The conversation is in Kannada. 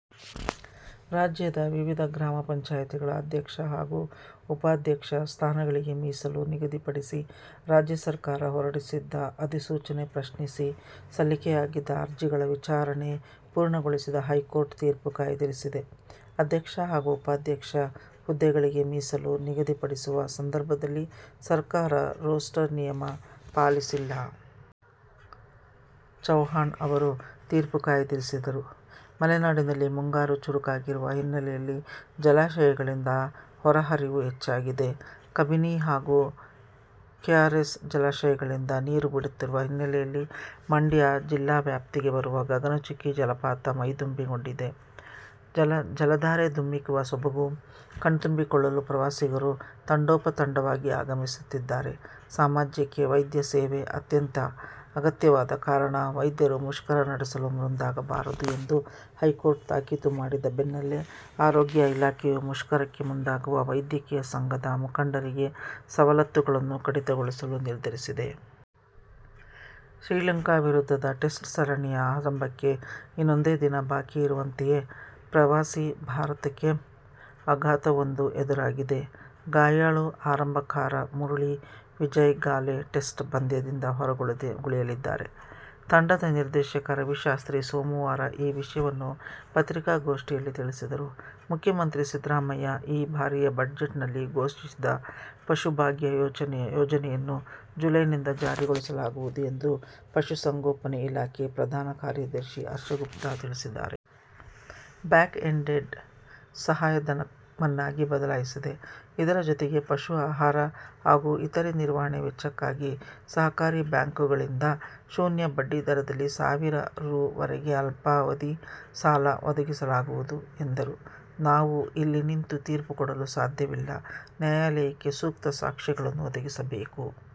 ರಾಜ್ಯದ ವಿವಿಧ ಗ್ರಾಮ ಪಂಚಾಯ್ತಿಗಳ ಅಧ್ಯಕ್ಷ ಹಾಗೂ ಉಪಾಧ್ಯಕ್ಷ ಸ್ಥಾನಗಳಿಗೆ ಮೀಸಲು ನಿಗದಿಪಡಿಸಿ ರಾಜ್ಯ ಸರ್ಕಾರ ಹೊರಡಿಸಿದ್ದ ಅಧಿಸೂಚನೆ ಪ್ರಶ್ನಿಸಿ ಸಲ್ಲಿಕೆಯಾಗಿದ್ದ ಅರ್ಜಿಗಳ ವಿಚಾರಣೆ ಪೂರ್ಣಗೊಳಿಸಿದ ಹೈಕೋರ್ಟ್ ತೀರ್ಪು ಕಾಯ್ದಿರಿಸಿದೆ. ಅಧ್ಯಕ್ಷ ಹಾಗೂ ಉಪಾಧ್ಯಕ್ಷ ಹುದ್ದೆಗಳಿಗೆ ಮೀಸಲು ನಿಗದಿಪಡಿಸುವ ಸಂದರ್ಭದಲ್ಲಿ ಸರ್ಕಾರ ರೋಸ್ಟರ್ ನಿಯಮ ಪಾಲಿಸಿಲ್ಲ. ಚೌಹಾಣ್ ಅವರು ತೀರ್ಪು ಕಾಯ್ದಿರಿಸಿದರು. ಮಲೆನಾಡಲ್ಲಿ ಮುಂಗಾರು ಚುರುಕಾಗಿರುವ ಹಿನ್ನೆಲೆಯಲ್ಲಿ ಜಲಾಶಯಗಳಿಂದ ಹೊರಹರಿವು ಹೆಚ್ಚಾಗಿದೆ. ಕಬಿನಿ ಹಾಗೂ ಕೆಆರ್ಎಸ್ ಜಲಾಶಯಗಳಿಂದ ನೀರು ಬಿಡುತ್ತಿರುವ ಹಿನ್ನೆಲೆಯಲ್ಲಿ ಮಂಡ್ಯ ಜಿಲ್ಲಾ ವ್ಯಾಪ್ತಿಗೆ ಬರುವ ಗಗನಚುಕ್ಕಿ ಜಲಪಾತ ಮೈದುಂಬಿಕೊಂಡಿವೆ. ಜಲಧಾರೆ ಧುಮ್ಮಿಕ್ಕುವ ಸೊಬಗು ಕಣ್ತುಂಬಿಕೊಳ್ಳಲು ಪ್ರವಾಸಿಗರು ತಂಡೋಪತಂಡವಾಗಿ ಆಗಮಿಸುತ್ತಿದ್ದಾರೆ. ಸಮಾಜಕ್ಕೆ ವೈದ್ಯ ಸೇವೆ ಅತ್ಯಂತ ಅಗತ್ಯವಾದ ಕಾರಣ ವೈದ್ಯರು ಮುಷ್ಕರ ನಡೆಸಲು ಮುಂದಾಗಬಾರದು ಎಂದು ಹೈಕೋರ್ಟ್ ತಾಕೀತು ಮಾಡಿದ ಬೆನ್ನಲ್ಲೇ ಆರೋಗ್ಯ ಇಲಾಖೆಯು ಮುಷ್ಕರಕ್ಕೆ ಮುಂದಾಗುವ ವೈದ್ಯಕೀಯ ಸಂಘದ ಮುಖಂಡರಿಗೆ ಸವಲತ್ತುಗಳನ್ನು ಕಡಿತಗೊಳಿಸಲು ನಿರ್ಧರಿಸಿದೆ. ಶ್ರೀಲಂಕಾ ವಿರುದ್ಧದ ಟೆಸ್ಟ್ ಸರಣಿಯ ಆರಂಭಕ್ಕೆ ಇನ್ನೊಂದೇ ದಿನ ಬಾಕಿ ಇರುವಂತೆಯೇ ಪ್ರವಾಸಿ ಭಾರತಕ್ಕೆ ಆಘಾತವೊಂದು ಎದುರಾಗಿದೆ. ಗಾಯಾಳು ಆರಂಭಕಾರ ಮುರಳಿ ವಿಜಯ್ ಗಾಲೆ ಟೆಸ್ಟ್ ಪಂದ್ಯದಿಂದ ಹೊರಗುಳಿಯಲಿದ್ದಾರೆ. ತಂಡದ ನಿರ್ದೇಶಕ ರವಿ ಶಾಸ್ತ್ರಿ ಸೋಮವಾರ ಈ ವಿಷಯವನ್ನು ಪತ್ರಿಕಾಗೋಷ್ಠಿಯಲ್ಲಿ ತಿಳಿಸಿದರು. ಮುಖ್ಯಮಂತ್ರಿ ಸಿದ್ದರಾಮಯ್ಯ ಈ ಬಾರಿಯ ಬಜೆಟ್ನಲ್ಲಿ ಘೋಷಿಸಿದ್ದ ಪಶುಭಾಗ್ಯ ಯೋಜನೆಯನ್ನು ಜುಲೈನಿಂದ ಜಾರಿಗೊಳಿಸಲಾಗುವುದು ಎಂದು ಪಶುಸಂಗೋಪನೆ ಇಲಾಖೆ ಪ್ರಧಾನ ಕಾರ್ಯದರ್ಶಿ ಹರ್ಷಗುಪ್ತಾ ತಿಳಿಸಿದ್ದಾರೆ. ಬ್ಯಾಕ್ಎಂಡೆಡ್ ಸಹಾಯಧನವನ್ನಾಗಿ ಬದಲಾಯಿಸಿದೆ. ಇದರ ಜೊತೆಗೆ ಪಶು ಆಹಾರ ಹಾಗೂ ಇತರೆ ನಿರ್ವಹಣೆ ವೆಚ್ಚಕ್ಕಾಗಿ ಸಹಕಾರಿ ಬ್ಯಾಂಕುಗಳಿಂದ ಶೂನ್ಯ ಬಡ್ಡಿ ದರದಲ್ಲಿ ಸಾವಿರ ರೂ. ವರೆಗೆ ಅಲ್ಪಾವಧಿ ಸಾಲ ಒದಗಿಸಲಾಗುವುದು ಎಂದರು. 'ನಾವು ಇಲ್ಲಿ ನಿಂತು ತೀರ್ಪು ಕೊಡಲು ಸಾಧ್ಯವಿಲ್ಲ. ನ್ಯಾಯಾಲಯಕ್ಕೆ ಸೂಕ್ತ ಸಾಕ್ಷ್ಯಗಳನ್ನು ಒದಗಿಸಬೇಕು.